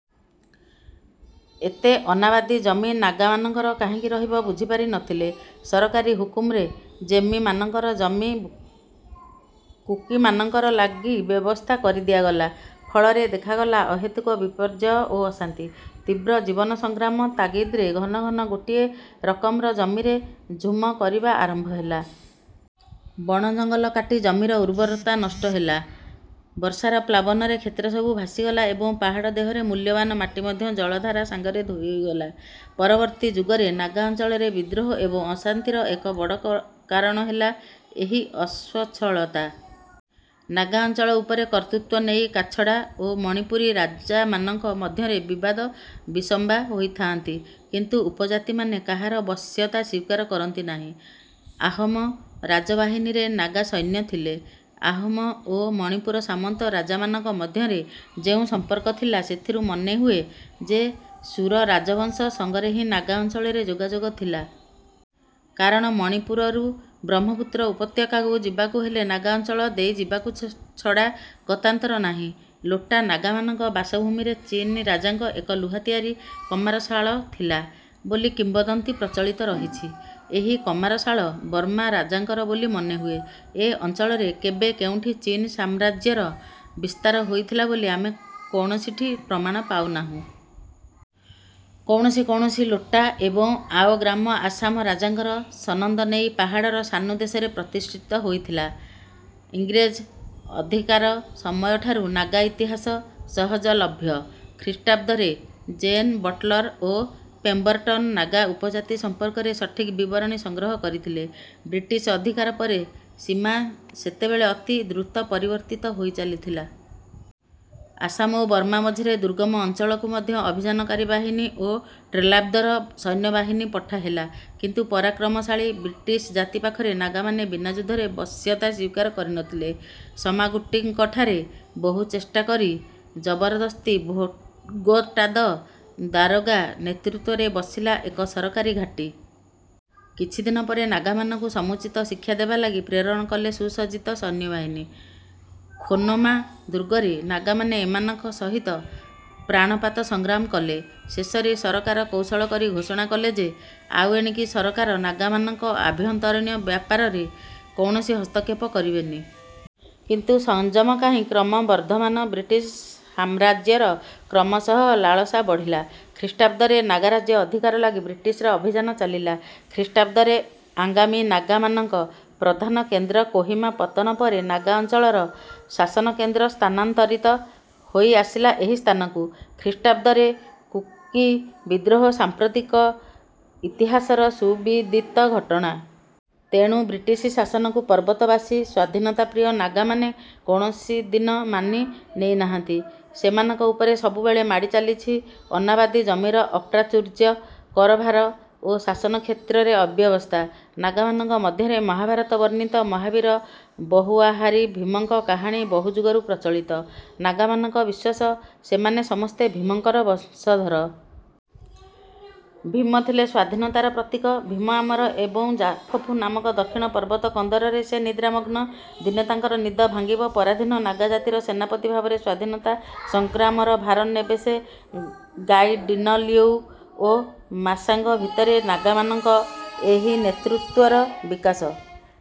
ଏତେ ଅନାବାଦି ଜମି ନାଗାମାନଙ୍କର କାହିଁକି ରହିବ ବୁଝିପାରି ନଥିଲେ। ସରକାରୀ ହୁକୁମରେ ଜେମି ମାନଙ୍କର ଜମି କୁକିମାନଙ୍କର ଲାଗି ବ୍ୟବସ୍ଥା କରିଦିଆଗଲା। ଫଳରେ ଦେଖାଗଲା ଅହେତୁକ ବିପର୍ଯ୍ୟୟ ଓ ଅଶାନ୍ତି। ତୀବ୍ର ଜୀବନ ସଂଗ୍ରାମ ତାଗିଦରେ ଘନ ଘନ ଗୋଟିଏ ରକମର ଜମିରେ ଝୁମ କରିବା ଆରମ୍ଭ ହେଲା। ବଣଜଙ୍ଗଲ କାଟି ଜମିର ଉର୍ବରତା ନଷ୍ଟ ହେଲା। ବର୍ଷାର ପ୍ଲାବନରେ କ୍ଷେତ୍ରସବୁ ଭାସିଗଲା ଏବଂ ପାହାଡ଼ ଦେହରେ ମୂଲ୍ୟବାନ ମାଟି ମଧ୍ୟ ଜଳଧାରା ସାଙ୍ଗରେ ଧୋଇ ହୋଇଗଲା। ପରବର୍ତ୍ତୀ ଯୁଗରେ ନାଗା ଅଞ୍ଚଳରେ ବିଦ୍ରୋହ ଏବଂ ଅଶାନ୍ତିର ଏକ ବଡ଼ କାରଣ ହେଲା ଏହି ଅସ୍ୱଚ୍ଛଳତା। ନାଗା ଅଞ୍ଚଳ ଉପରେ କର୍ତ୍ତୃତ୍ୱ ନେଇ କାଛଡ଼ା ଓ ମଣିପୁରୀ ରାଜାମାନଙ୍କ ମଧ୍ୟରେ ବିବାଦ ବିସମ୍ବା ହୋଇଥାଆନ୍ତି। କିନ୍ତୁ ଉପଜାତିମାନେ କାହାର ବଶ୍ୟତା ସ୍ୱୀକାର କରନ୍ତି ନାହିଁ। ଆହମ ରାଜବାହିନୀରେ ନାଗା ସୈନ୍ୟ ଥିଲେ। ଆହମ ଓ ମଣିପୁର ସାମନ୍ତ ରାଜାମାନଙ୍କ ମଧ୍ୟରେ ଯେଉଁ ସମ୍ପର୍କ ଥିଲା, ସେଥିରୁ ମନେହୁଏ ଯେ ସୁର ରାଜବଂଶ ସଙ୍ଗରେ ହିଁ ନାଗା ଅଞ୍ଚଳରେ ଯୋଗାଯୋଗ ଥିଲା। କାରଣ ମଣିପୁରରୁ ବ୍ରହ୍ମପୁତ୍ର ଉପତ୍ୟକାକୁ ଯିବାକୁ ହେଲେ ନାଗା ଅଞ୍ଚଳ ଦେଇଯିବାକୁ ଛଡ଼ା ଗତାନ୍ତର ନାହିଁ। ଲୋଟା ନାଗାମାନଙ୍କ ବାସଭୂମିରେ ଚୀନ ରାଜାଙ୍କ ଏକ ଲୁହା ତିଆରି କମାରଶାଳ ଥିଲା ବୋଲି କିମ୍ବଦନ୍ତୀ ପ୍ରଚଳିତ ରହିଛି। ଏହି କମାରଶାଳ ବର୍ମା ରାଜାଙ୍କର ବୋଲି ମନେହୁଏ। ଏ ଅଞ୍ଚଳରେ କେବେ କେଉଁଠି ଚୀନ ସାମ୍ରାଜ୍ୟର ବିସ୍ତାର ହୋଇଥିଲା ବୋଲି ଆମେ କୌଣସିଠି ପ୍ରମାଣ ପାଉନାହୁଁ। କୌଣସି କୌଣସି ଲୋଟା ଏବଂ ଆଓ ଗ୍ରାମ ଆସାମ ରାଜାଙ୍କର ସନନ୍ଦ ନେଇ ପାହାଡ଼ର ସାନୁଦେଶରେ ପ୍ରତିଷ୍ଠିତ ହୋଇଥିଲା। ଇଂରେଜ ଅଧିକାର ସମୟଠାରୁ ନାଗା ଇତିହାସ ସହଜଲଭ୍ୟ। ଖ୍ରୀଷ୍ଟାବ୍ଦରେ ଜେନ୍‍ ବଟଲର ଓ ପେମ୍ବରଟନ୍ ନାଗା ଉପଜାତି ସମ୍ପର୍କରେ ସଠିକ ବିବରଣୀ ସଂଗ୍ରହ କରିଥିଲେ। ବ୍ରିଟିଶ ଅଧିକାର ପରେ ସୀମା ସେତେବେଳେ ଅତି ଦ୍ରୁତ ପରିବର୍ତ୍ତିତ ହୋଇଚାଲିଥିଲା। ଆସାମ ଓ ବର୍ମା ମଝିରେ ଦୁର୍ଗମ ଅଞ୍ଚଳକୁ ମଧ୍ୟ ଅଭିଯାନକାରୀ ବାହିନୀ ଓ ଟ୍ରେଲ୍ଦାର ସୈନ୍ୟବାହିନୀ ପଠାହେଲା; କିନ୍ତୁ ପରାକ୍ରମଶାଳୀ ବ୍ରିଟିଶ ଜାତି ପାଖରେ ନାଗାମାନେ ବିନା ଯୁଦ୍ଧରେ ବଶ୍ୟତା ସ୍ୱୀକାର କରିନଥିଲେ। ସମାଗୁଟିଙ୍କଠାରେ ବହୁ ଚେଷ୍ଟା କରି ଜବରଦସ୍ତି ଭୋଗଟାଦ ଦାରୋଗା ନେତୃତ୍ୱରେ ବସିଲା ଏକ ସରକାରୀ ଘାଟୀ। କିଛିଦିନ ପରେ ନାଗାମାନଙ୍କୁ ସମୁଚିତ ଶିକ୍ଷା ଦେବା ଲାଗି ପ୍ରେରଣ କଲେ ସୁସଜ୍ଜିତ ସୈନ୍ୟବାହିନୀ। ଖୋନୋମା ଦୁର୍ଗରେ ନାଗାମାନେ ଏମାନଙ୍କ ସହିତ ପ୍ରାଣପାତ ସଂଗ୍ରାମ କଲେ। ଶେଷରେ ସରକାର କୌଶଳ କରି ଘୋଷଣା କଲେ ଯେ ଆଉ ଏଣିକି ସରକାର ନାଗାମାନଙ୍କ ଆଭ୍ୟନ୍ତରୀଣ ବ୍ୟାପାରରେ କୌଣସି ହସ୍ତକ୍ଷେପ କରିବେନି। କିନ୍ତୁ ସଂଯମ କାହିଁ? କ୍ରମବର୍ଦ୍ଧମାନ ବ୍ରିଟିଶ ସାମ୍ରାଜ୍ୟର କ୍ରମଶଃ ଲାଳସା ବଢ଼ିଲା। ଖ୍ରୀଷ୍ଟାବ୍ଦରେ ନାଗାରାଜ୍ୟ ଅଧିକାର ଲାଗି ବ୍ରିଟିଶର ଅଭିଯାନ ଚାଲିଲା। ଖ୍ରୀଷ୍ଟାବ୍ଦରେ ଆଙ୍ଗାମି ନାଗାମାନଙ୍କ ପ୍ରଧାନ କେନ୍ଦ୍ର କୋହିମା ପତନ ପରେ ନାଗା ଅଞ୍ଚଳର ଶାସନକେନ୍ଦ୍ର ସ୍ଥାନାନ୍ତରିତ ହୋଇଆସିଲା ଏହି ସ୍ଥାନକୁ। ଖ୍ରୀଷ୍ଟାବ୍ଦରେ କୁକି ବିଦ୍ରୋହ ସାମ୍ପ୍ରତିକ ଇତିହାସର ସୁବିଦିତ ଘଟଣା। ତେଣୁ ବ୍ରିଟିଶ ଶାସନକୁ ପର୍ବତବାସୀ ସ୍ୱାଧୀନତାପ୍ରିୟ ନାଗାମାନେ କୌଣସିଦିନ ମାନି ନେଇ ନାହାନ୍ତି। ସେମାନଙ୍କ ଉପରେ ସବୁବେଳେ ମାଡ଼ି ଚାଲିଛି ଅନାବାଦି ଜମିର ଅପ୍ରାଚୁର୍ଯ୍ୟ, କରଭାର ଓ ଶାସନକ୍ଷେତ୍ରରେ ଅବ୍ୟବସ୍ଥା। ନାଗାମାନଙ୍କ ମଧ୍ୟରେ ମହାଭାରତ ବର୍ଣ୍ଣିତ ମହାବୀର ବହୁଆହାରୀ ଭୀମଙ୍କ କାହାଣୀ ବହୁଯୁଗରୁ ପ୍ରଚଳିତ। ନାଗାମାନଙ୍କ ବିଶ୍ୱାସ—ସେମାନେ ସମସ୍ତେ ଭୀମଙ୍କର ବଂଶଧର। ଭୀମ ଥିଲେ ସ୍ୱାଧୀନତାର ପ୍ରତୀକ। ଭୀମ ଆମର ଏବଂ ଜାପଫୁ ନାମକ ଦକ୍ଷିଣ ପର୍ବତକନ୍ଦରରେ ସେ ନିଦ୍ରାମଗ୍ନ। ଦିନେ ତାଙ୍କର ନିଦ ଭାଙ୍ଗିବ, ପରାଧୀନ ନାଗାଜାତିର ସେନାପତି ଭାବରେ ସ୍ୱାଧୀନତା ସଂଗ୍ରାମର ଭାର ନେବେ ସେ। ଗାଇଡିନଲିଉ ଓ ମାଶାଙ୍ଗ ଭିତରେ ନାଗାମାନଙ୍କ ଏହି ନେତୃତ୍ୱର ବିକାଶ।